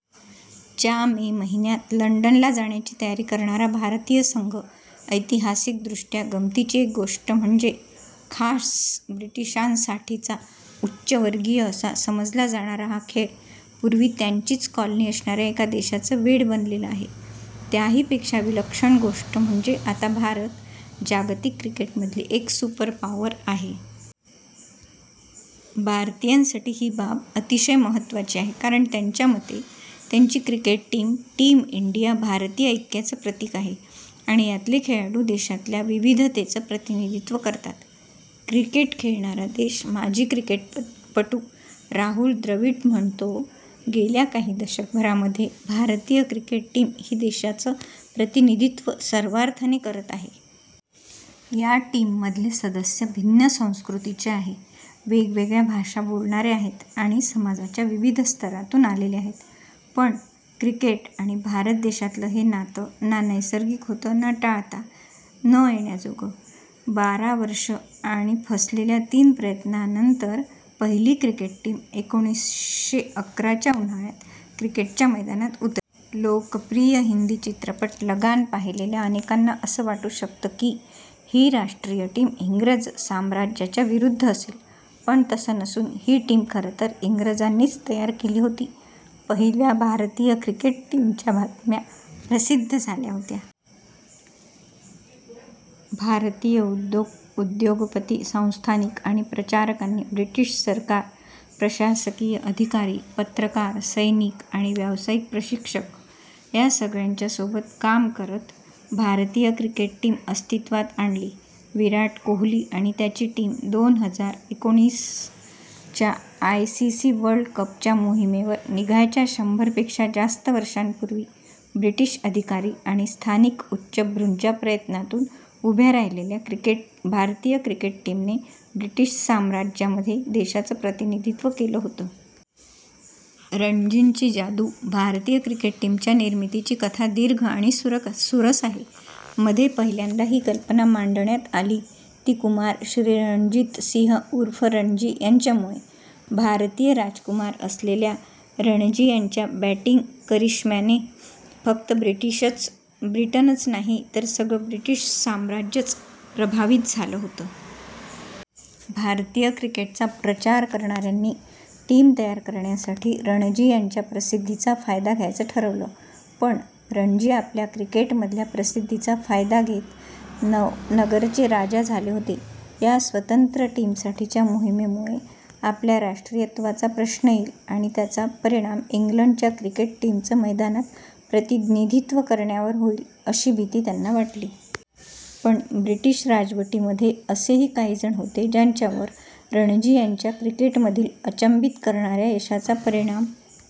च्या मे महिन्यात लंडनला जाण्याची तयारी करणारा भारतीय संघ ऐतिहासिकदृष्ट्या गमतीची एक गोष्ट म्हणजे खास ब्रिटिशांसाठीचा, उच्चवर्गीय असा समजला जाणारा हा खेळ पूर्वी त्यांचीच कॉलनी असणाऱ्या एका देशाचं वेड बनलेला आहे. त्याहीपेक्षा विलक्षण गोष्ट म्हणजे आता भारत जागतिक क्रिकेटमधली एक सुपरपॉवर आहे. भारतीयांसाठी ही बाब अतिशय महत्त्वाची आहे कारण त्यांच्यामते त्यांची क्रिकेट टीम टीम इंडिया भारतीय ऐक्याचं प्रतीक आहे आणि यातले खेळाडू देशातल्या विविधतेचं प्रतिनिधित्व करतात. क्रिकेट खेळणारा देश माजी क्रिकेटपटू राहुल द्रविड म्हणतो, गेल्या दशकभरामध्ये भारतीय क्रिकेट टीम ही देशाचं प्रतिनिधित्व सर्वाथाने करत आहे. या टीममधले सदस्य भिन्न संस्कृतींचे आहे, वेगवेगळ्या भाषा बोलणारे आहेत आणि समाजाच्या विविध स्तरांतून आलेले आहेत. पण क्रिकेट आणि भारत देशातलं हे नातं ना नैसर्गिक होतं ना टाळता न जेण्याजोगं. बारा वर्षं आणि फसलेल्या तीन प्रयत्नांनंतर पहिली क्रिकेट टीम एकोणीसशे अकराच्या उन्हाळ्यात क्रिकेटच्या मैदानात उतरली. लोकप्रिय हिंदी चित्रपट लगान पाहिलेल्या अनेकांना असं वाटू शकतं की ही राष्ट्रीय टीम इंग्रज साम्राज्याच्या विरुद्ध असेल. पण तसं नसून ही टीम खरंतर इंग्रजांनीच तयार केली होती. पहिल्या भारतीय क्रिकेट टीमच्या बातम्या प्रसिद्ध झाल्या होत्या. भारतीय उद्योगपती, संस्थानिक आणि प्रचारकांनी ब्रिटिश सरकार, प्रशासकीय अधिकारी, पत्रकार, सैनिक आणि व्यावसायिक प्रशिक्षक या सगळ्यांच्या सोबत काम करत भारतीय क्रिकेट टीम अस्तित्वात आणली. विराट कोहली आणि त्याची टीम दोन हजार एकोणीसच्या आयसीसी वर्ल्ड कपच्या मोहीमेवर निघायच्या शंभरपेक्षा जास्त वर्षांपूर्वी, ब्रिटिश अधिकारी आणि स्थानिक उच्चभ्रूंच्या प्रयत्नांतून उभ्या राहिलेल्या भारतीय क्रिकेट टीमने ब्रिटिश साम्राज्यामध्ये देशाचं प्रतिनिधित्त्व केलं होतं. रणजींची जादू भारतीय क्रिकेट टीमच्या निर्मितीची कथा दीर्घ आणि सुरस आहे. मध्ये पहिल्यांदा ही कल्पना मांडण्यात आली ती कुमार श्री रणजीत सिंह ऊर्फ रणजी यांच्यामुळे. भारतीय राजकुमार असलेल्या रणजी यांच्या बॅटिंग करिश्म्याने फक्त ब्रिटनच नाही तर सगळं ब्रिटिश साम्राज्यच प्रभावित झालं होतं. भारतीय क्रिकेटचा प्रचार करणाऱ्यांनी टीम तयार करण्यासाठी रणजी यांच्या प्रसिद्धीचा फायदा घ्यायचं ठरवलं. पण रणजी आपल्या क्रिकेटमधल्या प्रसिद्धीचा फायदा घेत नवनगरचे राजा झाले होते. या स्वतंत्र टीमसाठीच्या मोहीमेमुळे आपल्या राष्ट्रीयत्त्वाचा प्रश्न येईल आणि त्याचा परिणाम इंग्लंडच्या क्रिकेट टीमचं मैदानात प्रतिनिधित्व करण्यावर होईल, अशी भीती त्यांना वाटली. पण ब्रिटिश राजवटीमध्ये असेही काही जण होते ज्यांच्यावर रणजी यांच्या क्रिकेटमधील अचंबित करणाऱ्या यशाचा परिणाम